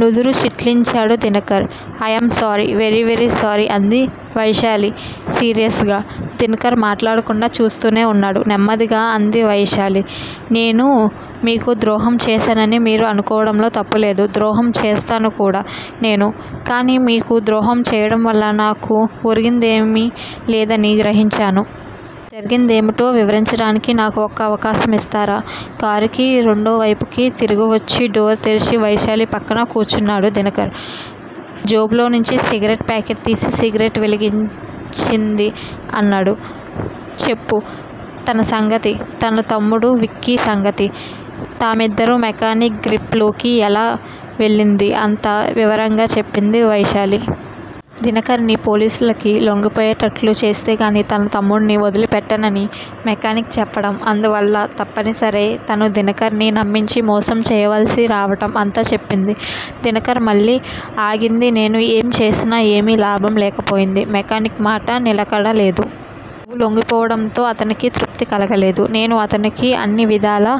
నుదురు చిట్లించాడు Dinakar. I am sorry! Very very sorry! అంది వైశాలి సిన్సియర్ గా. దినకర్ మాట్లాడకుండా చూస్తూనే వున్నాడు. నెమ్మదిగా అంది వైశాలి. నేను మీకు ద్రోహం చేసానని మీరు అనుకోవడంలో తప్పులేదు. ద్రోహం చేసాను కూడా నేను. కానీ మీకు ద్రోహం చేయడం వల్ల నాకు ఒరిగిందేమీ లేదని గ్రహించాను. జరిగిందేమిటో వివరించడానికి నాకు ఒక్క అవకాశం ఇస్తారా? కారుకి రెండో వైపుకి తిరిగివచ్చి డోర్ తెరిచి వైశాలి పక్కన కూర్చున్నాడు దినకర్. జేబులోనుంచి సిగరెట్ ప్యాకెట్ తీసి సిగరెట్ వెలిగించి అన్నాడు. చెప్పు! తన సంగతీ, తన తమ్ముడు విక్కీ సంగతీ, తామిద్దరూ మెకానిక్ గ్రిప్ లోకి ఎలా వెళ్ళిందీ అంతా వివరంగా చెప్పింది వైశాలి. దినకర్ ని పోలీసులకి లొంగిపోయేటట్లు చేస్తేగానీ తన తమ్ముడిని వదిలిపెట్టనని మెకానిక్ చెప్పడం, అందువల్ల తప్పనిసరై తను దినకర్ ని నమ్మించి మోసం చేయవలసి రావడం అంతా చెప్పింది. దినకర్! మళ్ళీ ఆగింది నేను ఏం చేసినా ఏమీ లాభం లేకపోయింది. మెకానిక్ మాట నిలకడ లేదు. నువ్వు లొంగిపోవడంతో అతనికి తృప్తి కలగలేదు. నేను అతనికి అన్ని విధాలా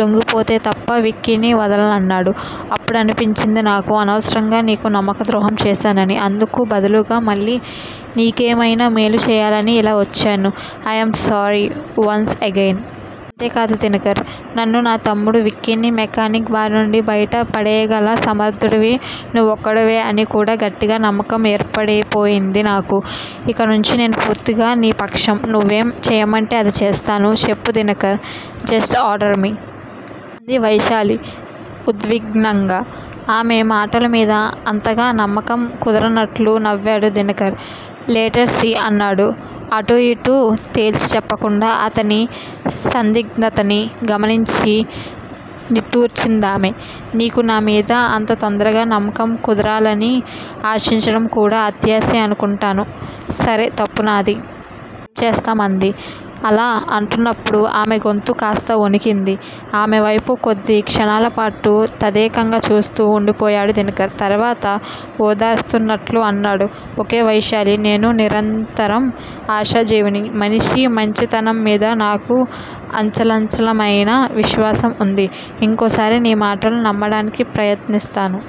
లొంగిపోతే తప్ప విక్కీని వదలనన్నాడు. అప్పుడనిపించింది నాకు! అనవసరంగా నీకు నమ్మక ద్రోహం చేశానని! అందుకు బదులుగా మళ్ళీ నీకేమయినా మేలు చెయ్యాలని ఇలా వచ్చాను. I am sorry! Once again! అంతేకాదు దినకర్! నన్నూ, నా తమ్ముడు విక్కీని మెకానిక్ బారినుంచి బయట పడెయ్యగల సమర్దుడివి నువ్వొక్కడివే అని కూడా గట్టిగా నమ్మకం ఏర్పడిపోయింది నాకు. ఇక నుంచీ నేను పూర్తిగా నీ పక్షం! నువ్వేం చేయమంటే అది చేస్తాను. చెప్పు దినకర్! Just order me! అంది వైశాలి ఉద్విగ్నంగా. ఆమె మాటలమీద అంతగా నమ్మకం కుదరనట్లు నవ్వాడు దినకర్. Let's see! అన్నాడు అటూ ఇటూ తేల్చిచెప్పకుండా. అతని సందిగ్ధతని గమనించి నిట్టూర్చిందామె. నీకు నా మీద అంత తొందరగా నమ్మకం కుదరాలని ఆశించడం కూడా అత్యాశే అనుకుంటాను. సరే తప్పు నాది! ఏం చేస్తాం? అంది. అలా అంటున్నప్పుడు ఆమె గొంతు కాస్త వణికింది. ఆమె వైపు కొద్ది క్షణాలపాటు తదేకంగా చూస్తూ వుండిపోయాడు దినకర్. తర్వాత ఓదారుస్తున్నట్లు అన్నాడు. ఓకే వైశాలి! నేను నిరంతరం ఆశాజీవిని. మనిషి మంచితనంమీద నాకు అచంచలమయిన విశ్వాసం వుంది. ఇంకోసారి నీ మాటలు నమ్మడానికి ప్రయత్నిస్తాను.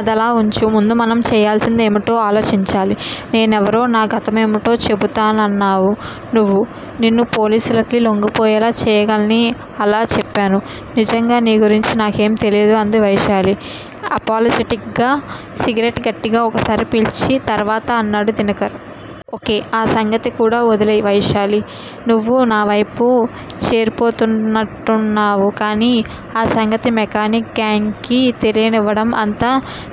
అదలా వుంచు. ముందు మనం చెయ్యాల్సింది ఏమిటో ఆలోచించాలి. నేనెవరో, నా గతమేమిటో చెబుతానన్నావు నువ్వు! నిన్ను పోలీసులకి లొంగిపోయేలా చెయ్యాలని అలా చెప్పాను. నిజంగా నీ గురించి నాకేం తెలీదు అంది వైశాలి అపాలజెటిక్ గా. సిగరెట్ గట్టిగా ఒకసారి పీల్చి తర్వాత అన్నాడు దినకర్! ఓకే! ఆ సంగతి కూడా వదిలెయ్! వైశాలీ! నువ్వు నావైపు చేరిపోతానంటున్నావు. కానీ ఆ సంగతి మెకానిక్ గ్యాంగుకి తెలియనివ్వడం అంత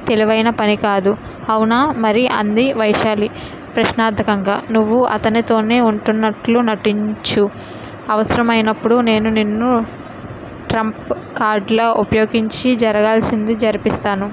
తెలివయిన పనికాదు అవునా? మరి? అంది వైశాలి ప్రశ్నార్ధకంగా. నువ్వు అతనితోనే వుంటున్నట్లు నటించు. అవసరమయినప్పుడు నేను నిన్ను ట్రంప్ కార్డులా ఉపయోగించి జరగాల్సింది జరిపిస్తాను.